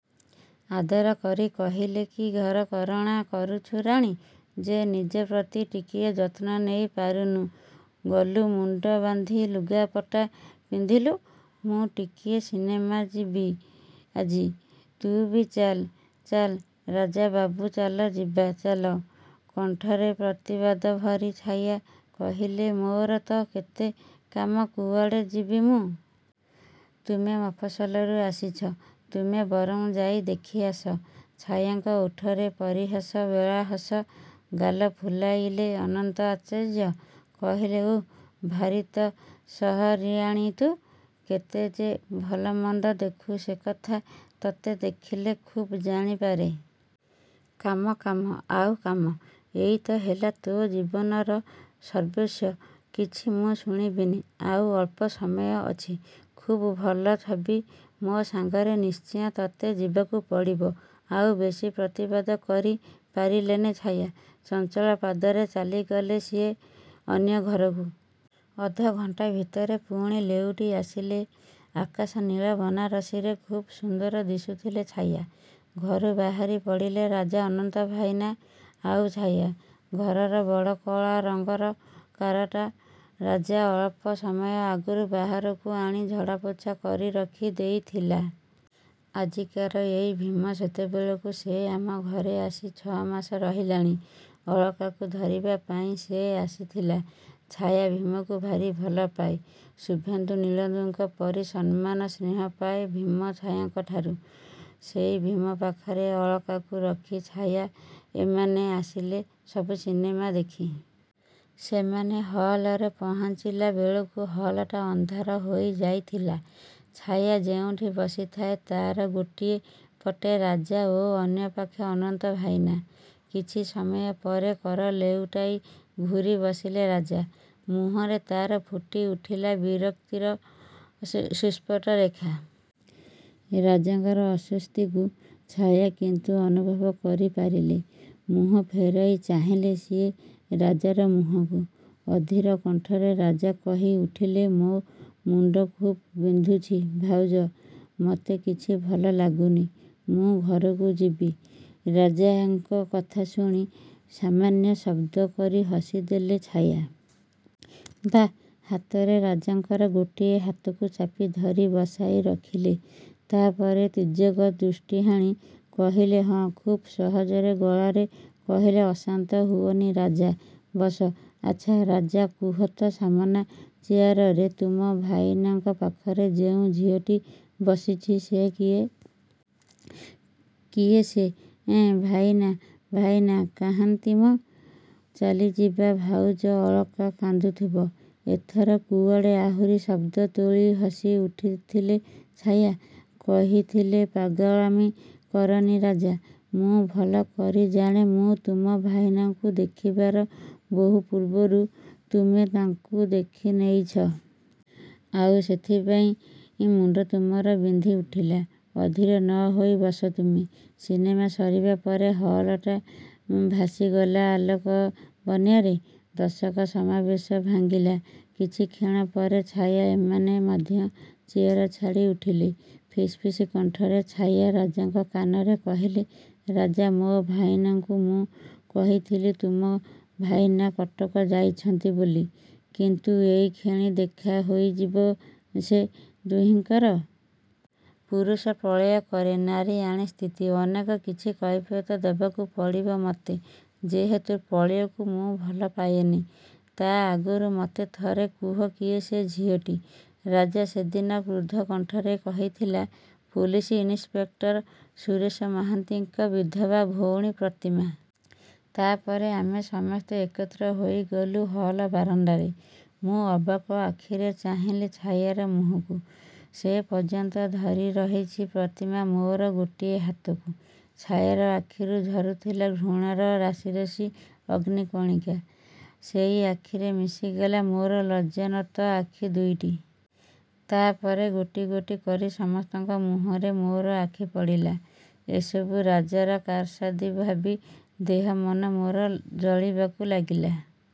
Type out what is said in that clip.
ଆଦର କରି କହିଲେ କି ଘରକରଣା କରୁଛୁ ରାଣୀ ଯେ ନିଜ ପ୍ରତି ଟିକିଏ ଯତ୍ନ ନେଇ ପାରୁନୁ? ଗଲୁ, ମୁଣ୍ଡ ବାନ୍ଧି ଲୁଗାପଟା ପିନ୍ଧିଲୁ, ମୁଁ ଟିକିଏ ସିନେମା ଯିବି ଆଜି। ତୁ ବି ଚାଲ। ଚାଲ ରାଜାବାବୁ, ଚାଲ ଯିବା ଚାଲ। କଣ୍ଠରେ ପ୍ରତିବାଦ ଭରି ଛାୟା କହିଲେ ମୋର ତ କେତେ କାମ, କୁଆଡ଼େ ଯିବି ମୁଁ।? ତୁମେ ମଫସଲରୁ ଆସିଛ, ତୁମେ ବରଂ ଯାଇ ଦେଖି ଆସ। ଛାୟାଙ୍କ ଓଠରେ ପରିହାସ ବୋଳା ହସ। ଗାଲ ଫୁଲାଇଲେ ଅନନ୍ତ ଆଚାର୍ଯ୍ୟ। କହିଲେ ଉଃ, ଭାରି ତ ସହରିଆଣୀ ତୁ। କେତେ ଯେ ଭଲମନ୍ଦ ଦେଖୁ ସେକଥା ତତେ ଦେଖିଲେ ଖୁବ୍ ଜାଣି ପାରେ। କାମ, କାମ, ଆଉ କାମ। ଏଇତ ହେଲା ତୋ ଜୀବନର ସର୍ବସ୍ୱ। କିଛି ମୁଁ ଶୁଣିବିନି। ଆଉ ଅଳ୍ପ ସମୟ ଅଛି। ଖୁବ୍ ଭଲ ଛବି। ମୋ ସାଙ୍ଗରେ ନିଶ୍ଚୟ ତତେ ଯିବାକୁ ପଡ଼ିବ। ଆଉ ବେଶୀ ପ୍ରତିବାଦ କରି ପାରିଲେନି ଛାୟା। ଚଞ୍ଚଳ ପାଦରେ ଚାଲିଗଲେ ସିଏ ଅନ୍ୟ ଘରକୁ। ଅଧ ଘଣ୍ଟା ଭିତରେ ପୁଣି ଲେଉଟି ଆସିଲେ। ଆକାଶ ନୀଳ ବନାରସୀରେ ଖୁବ୍ ସୁନ୍ଦର ଦିଶୁଥିଲେ ଛାୟା। ଘରୁ ବାହାରି ପଡ଼ିଲେ ରାଜା, ଅନନ୍ତ ଭାଇନା ଆଉ ଛାୟା। ଘରର ବଡ଼ କଳା ରଙ୍ଗର କାରଟା ରାଜା ଅଳ୍ପ ସମୟ ଆଗରୁ ବାହାରକୁ ଆଣି ଝଡ଼ାପୋଛା କରି ରଖି ଦେଇଥିଲା। ଆଜିକାର ଏଇ ଭୀମ ସେତେବେଳକୁ ସେ ଆମ ଘରେ ଆସି ଛ' ମାସ ରହିଲାଣି। ଅଳକାକୁ ଧରିବା ପାଇଁ ସେ ଆସିଥିଲା। ଛାୟା ଭୀମକୁ ଭାରି ଭଲ ପାଏ। ଶୁଭେନ୍ଦୁ ନୀଳେନ୍ଦୁଙ୍କ ପରି ସମାନ ସ୍ନେହ ପାଏ ଭୀମ ଛାୟାଙ୍କଠାରୁ। ସେଇ ଭୀମ ପାଖରେ ଅଳକାକୁ ରଖି ଛାୟା ଏମାନେ ଆସିଲେ ସବୁ ସିନେମା ଦେଖି। ସେମାନେ ହଲ୍‌ରେ ପହଞ୍ଚିଲା ବେଳକୁ ହଲ୍‌ଟା ଅନ୍ଧାର ହୋଇ ଯାଇଥିଲା। ଛାୟା ଯେଉଁଠି ବସିଥାଏ ତା'ର ଗୋଟିଏ ପଟେ ରାଜା ଓ ଅନ୍ୟ ପାଖେ ଅନନ୍ତ ଭାଇନା। କିଛି ସମୟ ପରେ କର ଲେଉଟାଇ ଘୂରି ବସିଲେ ରାଜା। ମୁହଁରେ ତା'ର ଫୁଟି ଉଠିଲା ବିରକ୍ତିର ସୁସ୍ପଷ୍ଟ ରେଖା। ରାଜାଙ୍କର ଅସ୍ୱସ୍ତିକୁ ଛାୟା କିନ୍ତୁ ଅନୁଭବ କରି ପାରିଲେ। ମୁହଁ ଫେରାଇ ଚାହିଁଲେ ସିଏ ରାଜାର ମୁହଁକୁ। ଅଧୀର କଣ୍ଠରେ ରାଜା କହି ଉଠିଲେ ମୋ ମୁଣ୍ଡ ଖୁବ୍ ବିନ୍ଧୁଛି ଭାଉଜ। ମତେ କିଛି ଭଲ ଲାଗୁନି। ମୁଁ ଘରକୁ ଯିବି। ରାଜାଙ୍କ କଥା ଶୁଣି ସାମାନ୍ୟ ଶବ୍ଦ କରି ହସି ଦେଲେ ଛାୟା। ବାଁ ହାତରେ ରାଜାଙ୍କର ଗୋଟିଏ ହାତକୁ ଚାପି ଧରି ବସାଇ ରଖିଲେ। ତା' ପରେ ତୀର୍ଯ୍ୟକ ଦୃଷ୍ଟି ହାଣି କହିଲେ ହଁ ଖୁବ୍ ସହଜ ଗଳାରେ କହିଲେ ଅଶାନ୍ତ ହୁଅନି ରାଜା, ବସ। ଆଚ୍ଛା ରାଜା କୁହ ତ, ସାମନା ଚେୟାରରେ ତୁମ ଭାଇନାଙ୍କ ପାଖରେ ଯେଉଁ ଝିଅଟି ବସିଛି ସେ କିଏ? କିଏ ସେ? ଏଁ, ଭାଇନା ଭାଇନା କାହାନ୍ତି ମ? ଚାଲିଯିବା ଭାଉଜ, ଅଳକା କାନ୍ଦୁଥିବ। ଏଥର କୁଆଡ଼େ ଆହୁରି ଶବ୍ଦ ତୋଳି ହସି ଉଠିଥିଲେ ଛାୟା। କହିଥିଲେ ପାଗଳାମି କରନି ରାଜା। ମୁଁ ଭଲ କରି ଜାଣେ, ମୁଁ ତୁମ ଭାଇନାଙ୍କୁ ଦେଖିବାର ବହୁ ପୂର୍ବରୁ ତୁମେ ତାଙ୍କୁ ଦେଖି ନେଇଛ। ଆଉ ସେଇଥିପାଇଁ ମୁଣ୍ଡ ତୁମର ବିନ୍ଧି ଉଠିଲା। ଅଧୀର ନ ହୋଇ ବସ ତୁମେ। ସିନେମା ସରିବା ପରେ ହଲ୍‌ଟା ଭାସିଗଲା ଆଲୋକ ବନ୍ୟାରେ। ଦର୍ଶକ ସମାବେଶ ଭାଙ୍ଗିଲା। କିଛି କ୍ଷଣ ପରେ ଛାୟା ଏମାନେ ମଧ୍ୟ ଚେୟାର ଛାଡ଼ି ଉଠିଲେ। ଫିସ୍ ଫିସ୍ କଣ୍ଠରେ ଛାୟା ରାଜାଙ୍କ କାନରେ କହିଲେ ରାଜା ମୋ ଭାଇନାଙ୍କୁ ମୁଁ କହିଥିଲି ତୁମ ଭାଇନା କଟକ ଯାଇଛନ୍ତି ବୋଲି, କିନ୍ତୁ ଏଇକ୍ଷଣି ଦେଖା ହୋଇଯିବ ସେ ଦୁହିଁଙ୍କର। ପୁରୁଷ ପ୍ରଳୟ କରେ, ନାରୀ ଆଣେ ସ୍ଥିତି। ଅନେକ କିଛି କୈଫିୟତ୍ ଦେବାକୁ ପଡ଼ିବ ମତେ, ଯେହେତୁ ପ୍ରଳୟକୁ ମୁଁ ଭଲ ପାଏନି। ତା' ଆଗରୁ ମତେ ଥରେ କୁହ କିଏ ସେ ଝିଅଟି। ରାଜା ସେଦିନ କ୍ରୁଦ୍ଧ କଣ୍ଠରେ କହିଥିଲା ପୋଲିସ ଇନ୍‌ସପେକ୍ଟର ସୁରେଶ ମହାନ୍ତିଙ୍କ ବିଧବା ଭଉଣୀ ପ୍ରତିମା। ତା' ପରେ ଆମେ ସମସ୍ତେ ଏକତ୍ର ହୋଇଗଲୁ ହଲ୍ ବାରଣ୍ଡାରେ। ମୁଁ ଅବାକ୍ ଆଖିରେ ଚାହିଁଲି ଛାୟାର ମୁହଁକୁ। ସେପର୍ଯ୍ୟନ୍ତ ଧରି ରହିଛି ପ୍ରତିମା ମୋର ଗୋଟିଏ ହାତକୁ। ଛାୟାର ଆଖିରୁ ଝରୁଥିଲା ଘୃଣାର ରାଶି ରାଶି ଅଗ୍ନି କଣିକା। ସେଇ ଆଖିରେ ମିଶିଗଲା ମୋର ଲଜ୍ଜାନତ ଆଖି ଦୁଇଟି। ତା' ପରେ ଗୋଟି ଗୋଟି କରି ସମସ୍ତଙ୍କ ମୁହଁରେ ମୋର ଆଖି ପଡ଼ିଲା। ଏସବୁ ରାଜାର କାରସାଦି ଭାବି ଦେହ ମନ ମୋର ଜଳିବାକୁ ଲାଗିଲା।